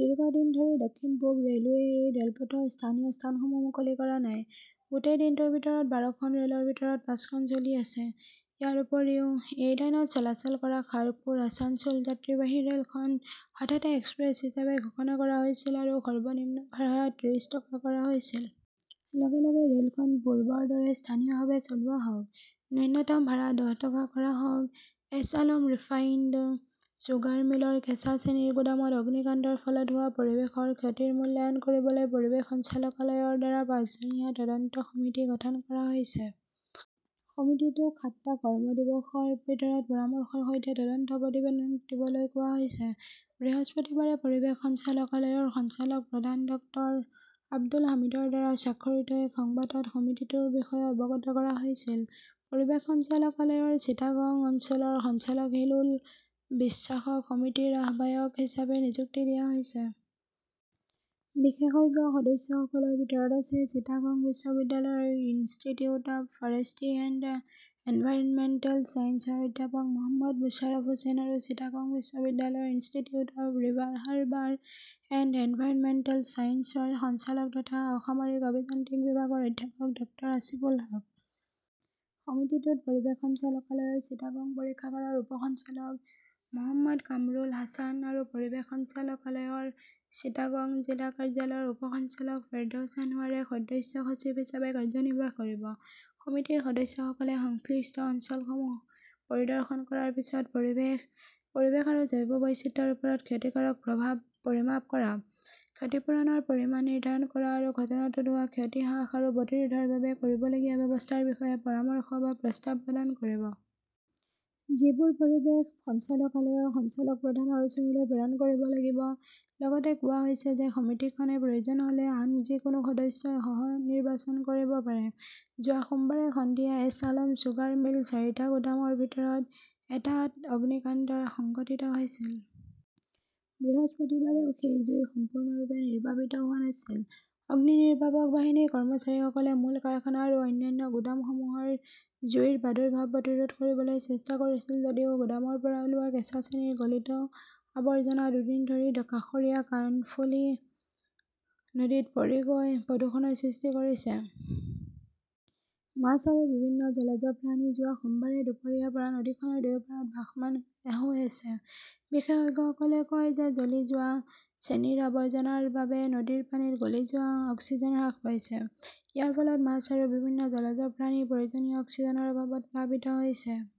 দীৰ্ঘদিন ধৰি দক্ষিণ-পূৱ ৰে'লৱেই এই ৰে'লপথৰ স্থানীয় স্থানসমূহ মুকলি কৰা নাই। গোটেই দিনটোৰ ভিতৰত বাৰখন ৰে'লৰ ভিতৰত পাঁচখন চলি আছে। ইয়াৰ উপৰিও, এই লাইনত চলাচল কৰা খাৰ্গপুৰ-আছানছোল যাত্ৰীবাহী ৰে'লখন হঠাতে এক্সপ্ৰেছ হিচাপে ঘোষণা কৰা হৈছিল আৰু সৰ্বনিম্ন ভাড়া ত্ৰিশ টকা কৰা হৈছিল। লগে লগে ৰে'লখন পূৰ্বৰ দৰে স্থানীয়ভাৱে চলোৱা হওক। নূন্যতম ভাড়া দহ টকা কৰা হওক। এছ আলম ৰিফাইণ্ড চুগাৰ মিলৰ কেঁচা চেনিৰ গুদামত অগ্নিকাণ্ডৰ ফলত হোৱা পৰিৱেশৰ ক্ষতিৰ মূল্যায়ন কৰিবলৈ পৰিৱেশ সঞ্চালকালয়ৰ দ্বাৰা পাঁচজনীয়া তদন্ত সমিতি গঠন কৰা হৈছে। সমিতিটোক সাতটা কৰ্ম দিৱসৰ ভিতৰত পৰামৰ্শৰ সৈতে তদন্ত প্ৰতিবেদন দিবলৈ কোৱা হৈছে। বৃহস্পতিবাৰে পৰিৱেশ সঞ্চালকালয়ৰ সঞ্চালক প্ৰধান ডক্টৰ আব্দুল হামিদৰ দ্বাৰা স্বাক্ষৰিত এক সংবাদত সমিতিটোৰ বিষয়ে অৱগত কৰা হৈছিল। পৰিৱেশ সঞ্চালকালয়ৰ চিটাগং অঞ্চলৰ সঞ্চালক হিলোল বিশ্বাসক সমিতিৰ আহ্বায়ক হিচাপে নিযুক্তি দিয়া হৈছে। বিশেষজ্ঞ সদস্যসকলৰ ভিতৰত আছে চিটাগং বিশ্ববিদ্যালয়ৰ institute of forestry and environmental ছায়েন্সৰ অধ্যাপক মহম্মদ মুশ্বাৰফ হোসেন আৰু চিটাগং বিশ্ববিদ্যালয়ৰ institute of river harbour and environmental ছায়েন্সৰ সঞ্চালক তথা অসামৰিক অভিযান্ত্ৰিক বিভাগৰ অধ্যাপক ডক্টৰ আসিফুল হক। সমিতিটোত পৰিৱেশ সঞ্চালকালয়ৰ চিটাগং পৰীক্ষাগাৰৰ উপ সঞ্চালক মো. কামৰুল হাছান‌ আৰু পৰিৱেশ সঞ্চালকালয়ৰ চিটাগং জিলা কাৰ্যালয়ৰ উপ সঞ্চালক ফেৰদৌছ আনৱাৰে সদস্য সচিব হিচাপে কাৰ্যনিৰ্বাহ কৰিব। সমিতিৰ সদস্যসকলে সংশ্লিষ্ট অঞ্চলসমূহ পৰিদৰ্শন কৰাৰ পিছত পৰিৱেশ, পৰিৱেশ আৰু জৈৱ বৈচিত্ৰ্যৰ ওপৰত ক্ষতিকাৰক প্ৰভাৱ পৰিমাপ কৰা, ক্ষতিপূৰণৰ পৰিমাণ নিৰ্ধাৰণ কৰা আৰু ঘটনাটোত হোৱা ক্ষতি হ্ৰাস আৰু প্ৰতিৰোধৰ বাবে কৰিবলগীয়া ব্যৱস্থাৰ বিষয়ে পৰামৰ্শ বা প্ৰস্তাৱ প্ৰদান কৰিব। যিবোৰ পৰিৱেশ সঞ্চালকালয়ৰ সঞ্চালক প্ৰধানৰ ওচৰলৈ প্ৰেৰণ কৰিব লাগিব। লগতে কোৱা হৈছে যে সমিতিখনে প্ৰয়োজন হ'লে আন যিকোনো সদস্যই সহ-নিৰ্বাচন কৰিব পাৰে। যোৱা সোমবাৰে সন্ধিয়া এছ আলম চুগাৰ মিলৰ চাৰিটা গুদামৰ ভিতৰত, এটাত অগ্নিকাণ্ড সংঘটিত হৈছিল। বৃহস্পতিবাৰেও সেই জুই সম্পূৰ্ণৰূপে নিৰ্বাপিত হোৱা নাছিল। অগ্নিনিৰ্বাপক বাহিনীৰ কৰ্মচাৰীসকলে মূল কাৰখানা আৰু অন্যান্য গুদামসমূহত জুইৰ প্ৰাদুৰ্ভাৱ প্ৰতিৰোধ কৰিবলৈ চেষ্টা কৰিছিল যদিও গুদামৰ পৰা ওলোৱা কেঁচা চেনিৰ গলিত আৱৰ্জনা দুদিন ধৰি কাষৰীয়া কৰ্ণফুলি নদীত পৰি গৈ প্ৰদূষণৰ সৃষ্টি কৰিছে। মাছ আৰু বিভিন্ন জলজ প্ৰাণী যোৱা সোমবাৰে দুপৰীয়াৰ পৰা নদীখনৰ দুয়ো পাৰত ভাসমান হৈ আছে। বিশেষজ্ঞসকলে কয় যে জ্বলি যোৱা চেনিৰ আৱৰ্জনাৰ বাবে নদীৰ পানীত গলি যোৱা অক্সিজেন হ্ৰাস পাইছে। ইয়াৰ ফলত মাছ আৰু বিভিন্ন জলজ প্ৰাণী প্ৰয়োজনীয় অক্সিজেনৰ অভাৱত প্লাবিত হৈছে।